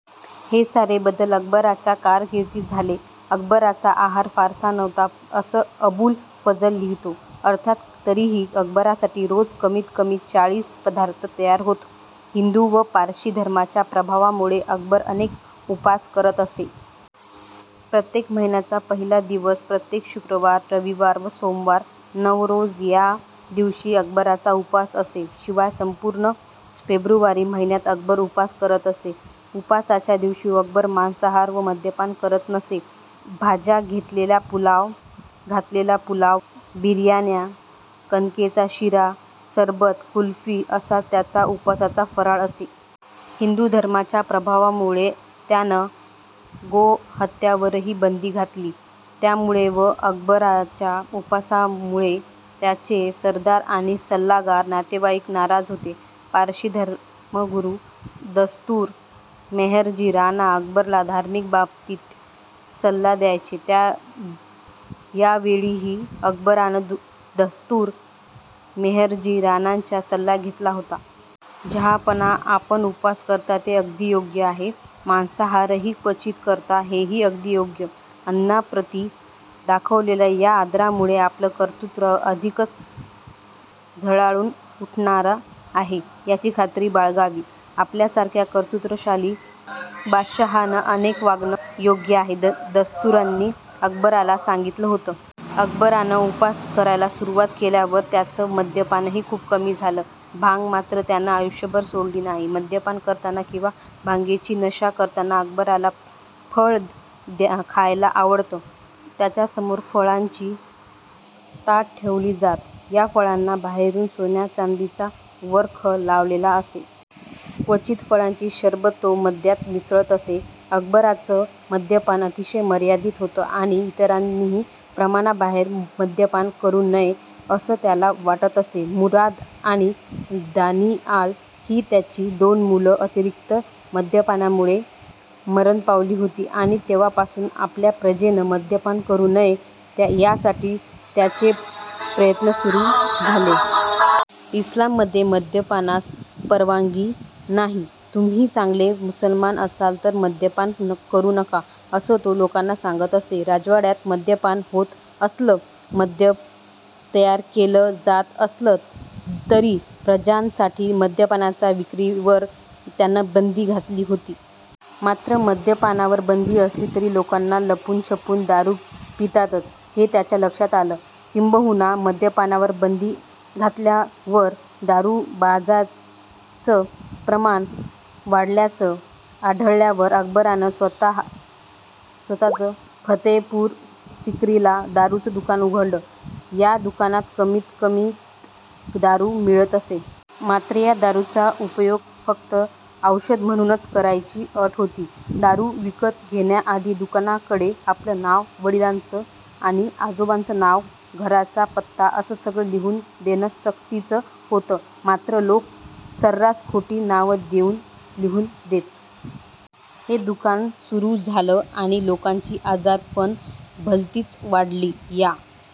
हे सारे बदल अकबराच्या कारकिर्दीत झाले. अकबराचा आहार फारसा नव्हता, असं अबुल फझल लिहितो. अर्थात तरीही अकबरासाठी रोज कमीत कमीत चाळीस पदार्थ तयार होत. हिंदू व पारशी धर्माच्या प्रभावामुळे अकबर अनेक उपास करत असे. प्रत्येक महिन्याचा पहिला दिवस, प्रत्येक शुक्रवार, रविवार व सोमवार, नवरोझ या दिवशी अकबराचा उपास असे. शिवाय संपूर्ण फेब्रुवारी महिन्यात अकबर उपास करत असे. उपासाच्या दिवशी अकबर मांसाहार व मद्यपान करत नसे. भाज्या घातलेला पुलाव, बिर्याण्या, कणकेचा शिरा, सरबतं, कुल्फी असा त्याचा उपासाचा फराळ असे. हिंदू धर्माच्या प्रभावामुळे त्यानं गोहत्येवरही बंदी घातली. यामुळे व अकबराच्या उपासांमुळे त्याचे सरदार आणि सल्लागार, नातेवाईक नाराज होते. पारशी धर्मगुरू दस्तुर मेहरजी राणा अकबराला धार्मिक बाबतींत सल्ला द्यायचे. यावेळीही अकबरानं दस्तुर मेहरजी राणांचा सल्ला घेतला होता. "जहाँपनाह, आपण उपवास करता ते अगदी योग्य आहे. मांसाहारही क्वचित करता, हेही अगदी योग्य. अन्नाप्रती दाखवलेल्या या आदरामुळे आपलं कर्तृत्व अधिकच झळाळून उठणार आहे, याची खात्री बाळगावी. आपल्यासारख्या कर्तृत्वशाली बादशाहानं असंच वागणं योग्य आहे", दस्तुरांनी अकबराला सांगितलं होतं. अकबरानं उपास करायला सुरुवात केल्यावर त्याचं मद्यपानही खूप कमी झालं. भांग मात्र त्यानं आयुष्यभर सोडली नाही. मद्यपान करताना किंवा भांगेची नशा करताना अकबराला फळं खायला आवडत. त्याच्यासमोर फळांची ताटं ठेवली जात. या फळांना बाहेरून सोन्याचांदीचा वर्ख लावलेला असे. क्वचित फळांची सरबतं तो मद्यात मिसळत असे. अकबराचं मद्यपान अतिशय मर्यादित होतं, आणि इतरांनीही प्रमाणाबाहेर मद्यपान करू नये, असं त्याला वाटत असे. मुराद आणि दानिआल ही त्याची दोन मुलं अतिरिक्त मद्यपानामुळे मरण पावली होती, आणि तेव्हापासून आपल्या प्रजेनं मद्यपान करू नये, यासाठी त्याचे प्रयत्न सुरू झाले. इस्लाममध्ये मद्यपानास परवानगी नाही, तुम्ही चांगले मुसलमान असाल, तर मद्यपान करू नका, असं तो लोकांना सांगत असे. राजवाड्यात मद्यपान होत असलं, मद्य तयार केलं जात असलं तरी प्रजाजनांसाठी मद्याच्या विक्रीवर त्यानं बंदी घातली होती. मात्र मद्यपानावर बंदी असली तरी लोक लपूनछपून दारू पितातच, हे त्याच्या लक्षात आलं. किंबहुना मद्यपानावर बंदी घातल्यावर दारुबाजांचं प्रमाण वाढल्याचं आढळल्यावर अकबरानं स्वत:च फतेहपूर सिक्रीला दारूचं दुकान उघडलं. या दुकानात कमी किमतीत दारू मिळत असे. मात्र या दारूचा उपयोग फक्त औषध म्हणूनच करण्याची अट होती. दारू विकत घेण्याआधी दुकानदाराकडे आपलं नाव, वडिलांचं आणि आजोबांचं नाव, घराचा पत्ता असं सगळं लिहून देणं सक्तीचं होतं. मात्र लोक सर्रास खोटी नावं लिहून देत. हे दुकान सुरू झालं आणि लोकांची आजारपणं भलतीच वाढली. या